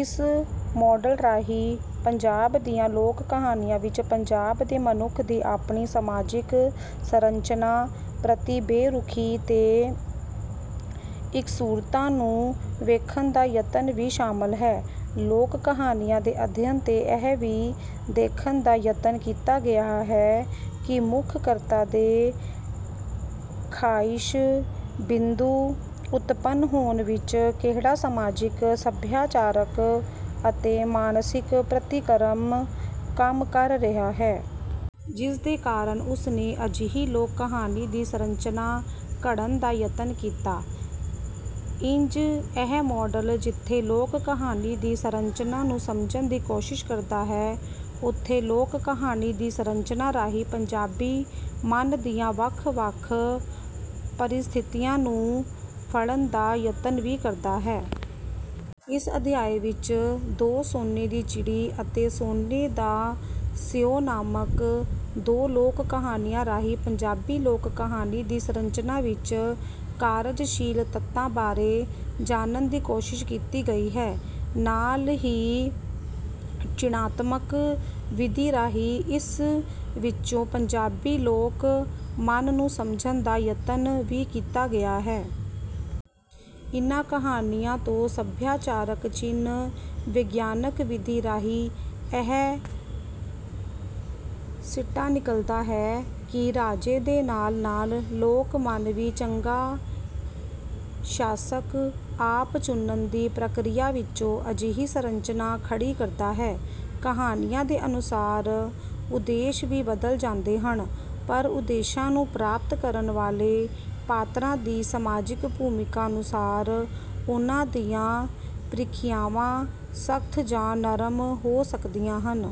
ਇਸ ਮਾਡਲ ਰਾਹੀਂ ਪੰਜਾਬ ਦੀਆਂ ਲੋਕ ਕਹਾਣੀਆਂ ਵਿੱਚ ਪੰਜਾਬ ਦੇ ਮਨੁੱਖ ਦੀ ਆਪਣੀ ਸਮਾਜਿਕ ਸਰੰਚਨਾ ਪ੍ਰਤੀ ਬੇਰੁਖੀ ਤੇ ਇਕਸੁਰਤਾ ਨੂੰ ਵੇਖਣ ਦਾ ਯਤਨ ਵੀ ਸ਼ਾਮਿਲ ਹੈ। ਲੋਕ ਕਹਾਣੀਆਂ ਦੇ ਅਧਿਅਨ ਤੋਂ ਇਹ ਵੀ ਦੇਖਣ ਦਾ ਯਤਨ ਕੀਤਾ ਗਿਆ ਹੈ ਕਿ ਮੁਖ ਕਰਤਾ ਦੇ ਖਾਹਿਸ਼ ਬਿੰਦੂ ਉਤਪੰਨ ਹੋਣ ਵਿੱਚ ਕਿਹੜਾ ਸਮਾਜਿਕ ਸਭਿਆਚਾਰਕ ਅਤੇ ਮਾਨਸਿਕ ਪ੍ਰਤੀਕਰਮ ਕੰਮ ਕਰ ਰਿਹਾ ਹੈ। ਜਿਸਦੇ ਕਾਰਨ ਉਸਨੇ ਅਜਿਹੀ ਲੋਕ ਕਹਾਣੀ ਦੀ ਸਰੰਚਨਾ ਘੜਨ ਦਾ ਯਤਨ ਕੀਤਾ। ਇੰਝ ਇਹ ਮਾਡਲ ਜਿੱਥੇ ਲੋਕ ਕਹਾਣੀ ਦੀ ਸਰੰਚਨਾ ਨੂੰ ਸਮਝਣ ਦੀ ਕੋਸ਼ਿਸ਼ ਕਰਦਾ ਹੈ ਉੱਥੇ ਲੋਕ ਕਹਾਣੀ ਦੀ ਸਰੰਚਨਾ ਰਾਹੀਂ ਪੰਜਾਬੀ ਮਨ ਦੀਆਂ ਵੱਖ ਵੱਖ ਪਰਿਸਥਿਤੀਆਂ ਨੂੰ ਫੜਨ ਦਾ ਯਤਨ ਵੀ ਕਰਦਾ ਹੈ। ਇਸ ਅਧਿਆਇ ਵਿੱਚ ਦੋ ਸੋਨੇ ਦੀ ਚਿੜੀ ਅਤੇ ਸੋਨੇ ਦਾ ਸਿਓ ਨਾਮਕ ਦੋ ਲੋਕ ਕਹਾਣੀਆਂ ਰਾਹੀਂ ਪੰਜਾਬੀ ਲੋਕ ਕਹਾਣੀ ਦੀ ਸਰੰਚਨਾ ਵਿੱਚ ਕਾਰਜਸ਼ੀਲ ਤੱਤਾਂ ਬਾਰੇ ਜਾਣਨ ਦੀ ਕੋਸ਼ਿਸ਼ ਕੀਤੀ ਗਈ ਹੈ। ਨਾਲ ਹੀ ਚਿਨ੍ਹਾਤਮਕ ਵਿਧੀ ਰਾਹੀਂ ਇਸ ਵਿੱਚੋਂ ਪੰਜਾਬੀ ਲੋਕ ਮਨ ਨੂੰ ਸਮਝਣ ਦਾ ਯਤਨ ਵੀ ਕੀਤਾ ਗਿਆ ਹੈ। ਇਨ੍ਹਾਂ ਕਹਾਣੀਆਂ ਤੋਂ ਸਭਿਆਚਾਰਕ ਚਿਨ੍ਹ ਵਿਗਿਆਨਕ ਵਿਧੀ ਰਾਹੀਂ ਇਹ ਸਿੱਟਾ ਨਿਕਲਦਾ ਹੈ ਕਿ ਰਾਜੇ ਦੇ ਨਾਲ ਨਾਲ ਲੋਕ ਮਨ ਵੀ ਚੰਗਾ ਸ਼ਾਸਕ ਆਪ ਚੁਣਨ ਦੀ ਪ੍ਰਕਿਰਿਆ ਵਿੱਚੋਂ ਅਜਿਹੀ ਸਰੰਚਨਾ ਖੜੀ ਕਰਦਾ ਹੈ। ਕਹਾਣੀਆਂ ਦੇ ਅਨੁਸਾਰ ਉਦੇਸ਼ ਵੀ ਬਦਲ ਜਾਂਦੇ ਹਨ ਪਰ ਉਦੇਸ਼ਾਂ ਨੂੰ ਪ੍ਰਾਪਤ ਕਰਨ ਵਾਲੇ ਪਾਤਰਾਂ ਦੀ ਸਮਾਜਿਕ ਭੂਮਿਕਾ ਅਨੁਸਾਰ ਉਨ੍ਹਾਂ ਦੀਆਂ ਪ੍ਰੀਖਿਆਵਾਂ ਸਖਤ ਜਾਂ ਨਰਮ ਹੋ ਸਕਦੀਆਂ ਹਨ।